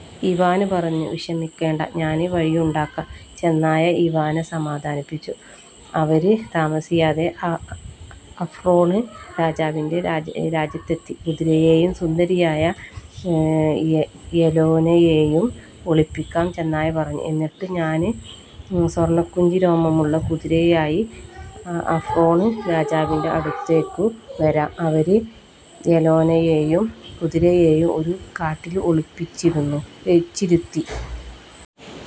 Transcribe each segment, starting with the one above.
" Ivan പറഞ്ഞു "വിഷമിക്കേണ്ട, ഞാന് വഴിയുണ്ടാക്കാം,'' ചെന്നായ ഇവാനെ സമാധാനിപ്പിച്ചു. അവര് താമസിയാതെ അഫ്റോണ് രാജാവിന്റെ രാജ്യത്തെത്തി. "കുതിരയേയും സുന്ദരിയായ യെലേനയേയും ഒളിപ്പിക്കാം," ചെന്നായ പറഞ്ഞു. "എന്നിട്ട് ഞാന് സ്വര്ണ്ണക്കുഞ്ചി രോമമുള്ള കുതിരയായി അഫ്റോണ് രാജാവിന്റെ യടുത്തേക്കു വരാം. " അവര് യെലേനയേയയം കുതിരയേയും ഒരു കാട്ടില് ഒളിപ്പിച്ചിരുത്തി.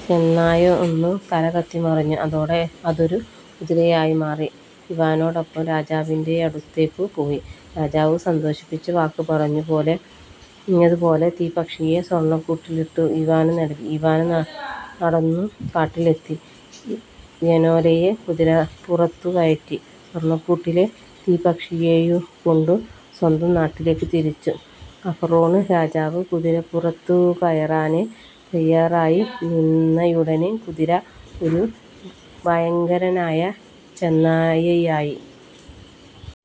ചെന്നായ ഒന്നു തലകത്തിമറിഞ്ഞു. അതോടെ അതൊരു കുതിരയായി മാറി, ഇവാനോടൊപ്പം രാജാവിന്റെയടുത്തേക്കു പോയി. രാജാവു സന്തോഷിച്ച് വാക്ക് പറഞ്ഞത് പോലെ തീപ്പക്ഷിയെ സ്വര്ണ്ണക്കൂട്ടിലിട്ടു ഇവാനു നല്കി. ഇവാന് നടന്നു കാട്ടിലെത്തി യെലേനയെ കുതിരപ്പുറത്തു കയറ്റി സ്വര്ണ്ണക്കൂടിലെ തീപ്പക്ഷിയേയുകൊണ്ടു സ്വന്തം നാട്ടിലേക്കു തിരിച്ചു. അഫറോണ് രാജാവു കുതിരപ്പുറത്തുകയറാന് തയ്യാറായിനിന്നയുടന് കുതിര ഒരു ഭയങ്കരനായ ചെന്നായായി.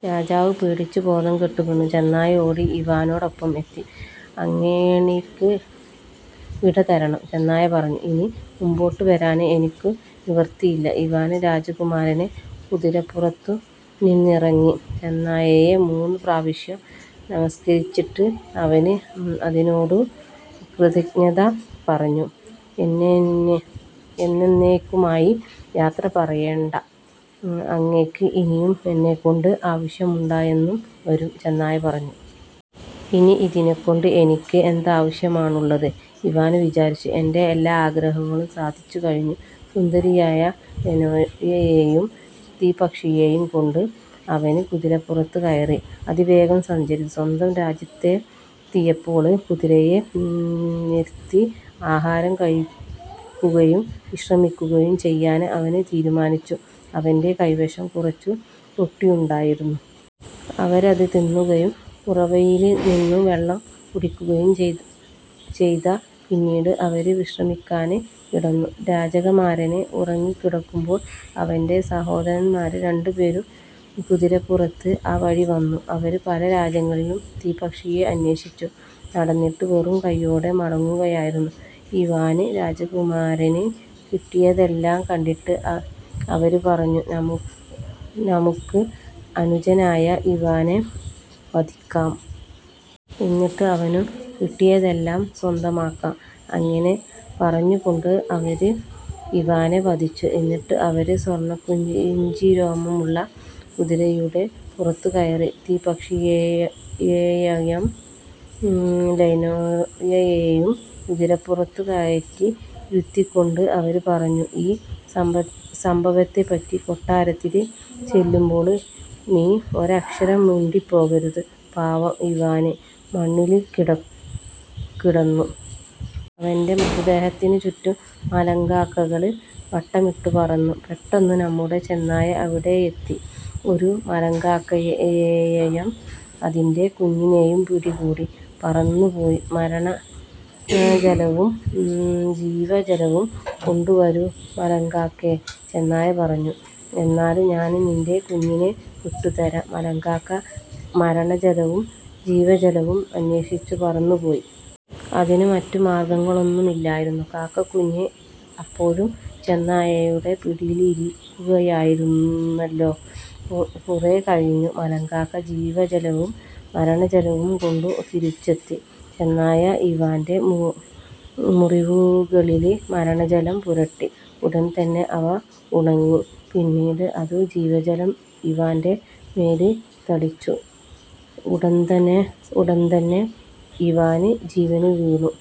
രാജാവു പേടിച്ചു ബോധംകെട്ട് വീണു. ചെന്നായ ഓടി ഇവാനോടൊപ്പം എത്തി. "അങ്ങേണിയ്ക്ക് വിട തരണം. " ചെന്നായ പറഞ്ഞു. "ഇനി മുമ്പോട്ടു വരാന് എനിക്കു നിവൃത്തിയില്ല. " ഇവാന് രാജകുമാരന് കുതിരപ്പുറത്തുനിന്നിറങ്ങി. ചെന്നായയെ മൂന്നുപ്രാവശ്യം നമസ്കരിച്ചിട്ട് അവന് അതിനോടു കൃതജ്ഞത പറഞ്ഞു. "എന്നെന്നേയ്ക്കുമായി യാത്രപറയേണ്ട. അങ്ങേയ്ക്ക് ഇനിയും എന്നെക്കൊണ്ട് ആവശ്യമുണ്ടായെന്നു വരും," ചെന്നായ പറഞ്ഞു. "ഇനി ഇതിനെക്കൊണ്ട് എനിയ്ക്ക് എന്താവശ്യമാണുള്ളത്? " ഇവാന് വിചാരിച്ചു. "എന്റെ എല്ലാ ആഗ്രഹങ്ങളും സാധിച്ചുകഴിഞ്ഞു. " സുന്ദരിയായ യെലേനയേയും തീപ്പക്ഷിയേയുംകൊണ്ടു് അവന് കുതിരപ്പുറത്തു കയറി അതിവേഗം സഞ്ചരിച്ചു. സ്വന്തം രാജ്യത്തെത്തിയപ്പോള് കുതിരയെ നിര്ത്തി ആഹാരം കഴിക്കുകയും വിശ്രമിക്കുകയും ചെയ്യാന് അവന് തീരുമാനിച്ചു. അവന്റെ കൈവശം കുറച്ചു റൊട്ടിയുണ്ടായിരുന്നു. അവര് അതു തിന്നുകയും ഉറവയില്നിന്നു വെള്ളം കുടിക്കുകയും ചെയ്ത. പിന്നീട് അവര് വിശ്രമിക്കാന് കിടന്നു. രാജകമാരന് ഉറങ്ങിക്കിടക്കുമ്പോള് അവന്റെ സഹോദരന്മാര് രണ്ടുപേരും കുതിരപ്പുറത്ത് ആ വഴി വന്നു. അവര് പല രാജ്യങ്ങളിലും തീപ്പക്ഷിയെ അന്വേഷിച്ചു നടന്നിട്ട് വെറും കയ്യോടെ മടങ്ങുകയായിരുന്നു. ഇവാന് രാജകുമാരന് കിട്ടിയതെല്ലാം കണ്ടിട്ട് അവര് പറഞ്ഞു: "നമൂക്ക് അനുജനായ ഇവാനെ വധിക്കാം. എന്നിട്ട് അവനു കിട്ടിയതെല്ലാം സ്വന്തമാക്കാം. " ഇങ്ങിനെ പറഞ്ഞുകൊണ്ട് അവര് ഇവാനെ വധിച്ചു. എന്നിട്ട് അവര് സ്വര്ണ്ണക്കുഞ്ചിരോമമുള്ള കുതിരയുടെ പുറത്തു കയറി. തീപ്പക്ഷിയേയയം യെലേനയേയും കുതിരപ്പുറത്തു കയററി ഇരുത്തിക്കൊണ്ട് അവര് പറഞ്ഞു: "ഈ സംഭവത്തെപ്പറ്റി കൊട്ടാരത്തില് ചെല്ലുമ്പോള് നീ ഒരക്ഷരം മിണ്ടിപ്പോകരുത്! " പാവം ഇവാന് മണ്ണില്ക്കിടന്നു. അവന്റെ മൃതദേഹത്തിനു ചുററും മലങ്കാക്കകള് വട്ടമിട്ടു പറന്നു. പെട്ടെന്നു നമ്മുടെ ചെന്നായ അവിടെയെത്തി ഒരു മലങ്കാക്കയേയയം അതിന്റെ കുഞ്ഞിനേയും പിടികൂടി. "പറന്നുപോയി മരണജലവും ജീവജലവും കൊണ്ടുവരൂ മലങ്കാക്കേ. " ചെന്നായ പറഞ്ഞു. "എന്നാല് ഞാന് നിന്റെ കുഞ്ഞിനെ വിട്ടുതരാം. " മലങ്കാക്ക മരണജലവും ജീവജലവും അന്വേഷിച്ചു പറന്നു പോയി. അതിനു മററു മാർഗ്ഗമൊന്നുമില്ലായിരുന്നു കാക്കക്കുഞ്ഞ് അപ്പോഴും ചെന്നായുടെ പിടിയിലിരിക്കുകയായിരുന്നല്ലോ. കുറേക്കഴിഞ്ഞു മലങ്കാക്ക ജീവജലവും മരണജലവുംകൊണ്ടു തിരിച്ചെത്തി. ചെന്നായ ഇവാന്റെ മുറിവുകളില് മരണജലം പുരട്ടി. ഉടന് തന്നെ അവ ഉണങ്ങി. പിന്നീട് അതു ജീവജലം ഇവാന്റെ മേല് തളിച്ചു. ഉടന്തന്നെ ഇവാന് ജീവന് വീണു.